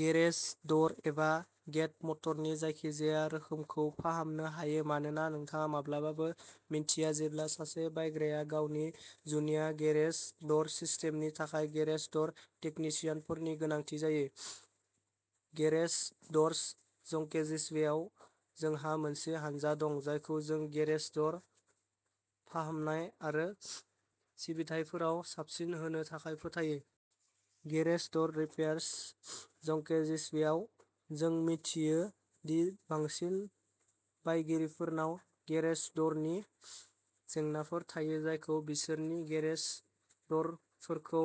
Garage दर एबा gate मटरनि जायखिजाया रोखोमखौ फाहामनो हायो मानोना नोंथाङा माब्लाबाबो मिन्थिया जेब्ला सासे बायग्राया गावनि जुनिया गेरेज दर सिस्टेमनि थाखाय गेरेज दर टेकनिशियानफोरनि गोनांथि जायो। गेरेज दर्स जंकेजिजवेआव जोंहा मोनसे हानजा दं जायखौ जों गेरेज दर फाहामनाय आरो सिबिथाइफोराव साबसिन होनो थाखाय फोथायो। गेरेज दर रिपेयार्स जंकेजिजवेआव जों मिथियो दि बांसिन बायगिरिफोरनाव गेरेज द'रनि जेंनाफोर थायो जायखौ बिसोरनि गेरेज द'रफोरखौ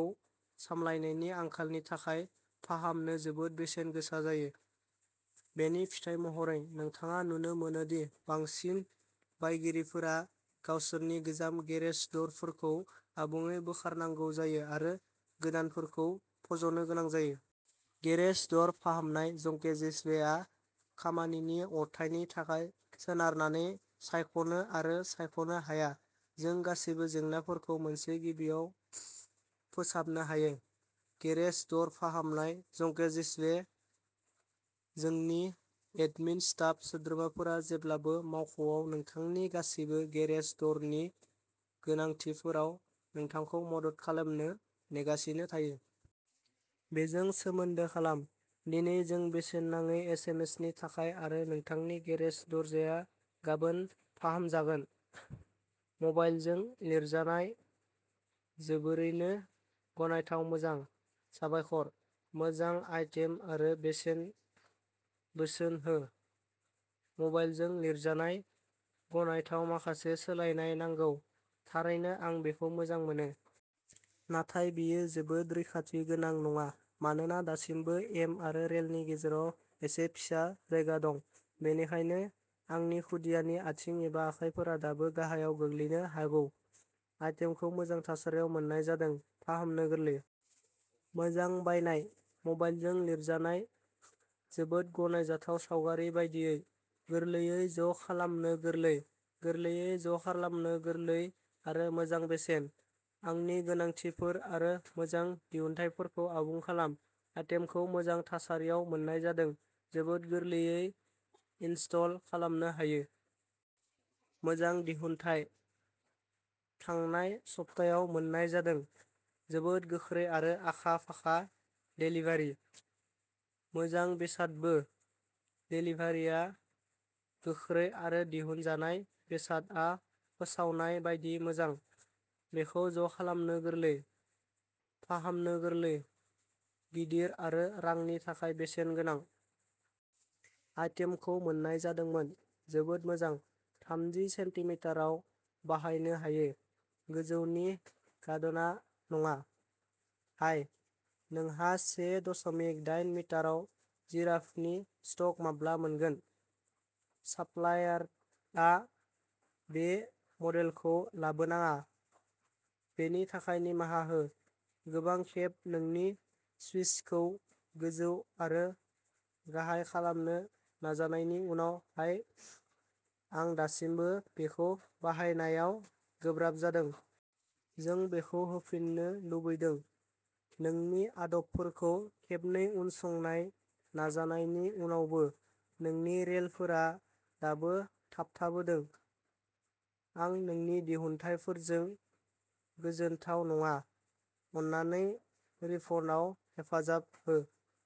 सामलायनायनि आंखालनि थाखाय फाहामनो जोबोद बेसेन गोसा जायो। बेनि फिथाय महरै, नोंथाङा नुनो मोनो दि बांसिन बायगिरिफोरा गावसोरनि गोजाम गेरेज दरफोरखौ आबुङै बोखारनांगौ जायो आरो गोदानफोरखौ फज'नो गोनां जायो। गेरेज दर फाहामनाय जंकेजिजवेआ खामानिनि अरथाइनि सायाव सोनारनानै सायख'नो आरो सायख'नो हाया, जों गासिबो जेंनाफोरखौ मोनसे गिबिआव फोसाबनो हायो! गेरेज दर फाहामनाय जंकेजिजवे जोंनि एडमिन स्टाफ सोद्रोमाफोरा जेब्लाबो मावख'आव नोंथांनि गासिबो गेरेज दरनि गोनांथिफोराव नोंथांखौ मदद खालामनो नेगासिनो थायो। बेजों सोमोन्दो खालाम। दिनै जों बेसेन नाङै एसेमेसनि थाखाय आरो नोंथांनि गेरेज दरजाया गाबोन फाहामजागोन! मबाइलजों लिरजानाय जोबोरैनो गनायथाव मोजां। साबायखर! मोजां आइटेम आरो बेसेन बोसोन हो। मबाइलजों लिरजानाय गनायथाव माखासे सोलायनाय नांगौ! थारैनो आं बेखौ मोजां मोनो। नाथाय बेयो जोबोद रैखाथि गोनां नङा मानोना दासिमबो एम आरो रेलनि गेजेराव एसे फिसा जायगा दं। बेनिखायनो आंनि खुदियानि आथिं एबा आखाइफोरा दाबो गाहायाव गोग्लैनो हागौ। आइटेमखौ मोजां थासारियाव मोन्नाय जादों। फाहामनो गोरलै। मोजां बायनाय! मबाइलजों लिरजानाय जोबोद गनायजाथाव सावगारि बायदियै। गोरलैयै ज' खालामनो गोरलै। गोरलैयै ज' खालामनो गोरलै आरो मोजां बेसेन। आंनि गोनांथिफोर आरो मोजां दिहुनथायफोरखौ आबुं खालाम। आइटेमखौ मोजां थासारियाव मोन्नाय जादों। जोबोद गोरलैयै इनस्टल खालामनो हायो। मोजां दिहुनथाय। थांनाय सप्तायाव मोन्नाय जादों। जोबोद गोख्रै आरो आखा फाखा देलिभारि! मोजां बेसादबो! देलिभारिआ गोख्रै आरो दिहुनजानाय बेसादआ फोसावनाय बायदि मोजां। बेखौ ज' खालामनो गोरलै। फाहामनो गोरलै, गिदिर आरो रांनि थाखाय बेसेन गोनां। आइटेमखौ मोन्नाय जादोंमोन। जोबोद मोजां। थामजि सेन्टिमिटाराव बाहायनो हायो। गोजौनि गाद'ना नङा? हाइ, नोंहा से दसमिक दाइन मिटाराव जिराफनि स्टक माब्ला मोनगोन? साप्लायरआ बे मडेलखौ लाबोनाङा, बेनि थाखाय निमाहा हो। गोबां खेब नोंनि स्विचखौ गोजौ आरो गाहाय खालामनो नाजानायनि उनाव हाय आं दासिमबो बेखौ बाहायनायाव गोब्राब जादों। जों बेखौ होफिननो लुबैदों। नोंनि आदबफोरखौ खेबनै उनसंनाय नाजानायनि उनावबो, नोंनि रेलफोरा दाबो थाबथाबोदों। आं नोंनि दिहुनथायफोरजों गोजोनथाव नङा, अन्नानै रिफन्डआव हेफाजाब हो।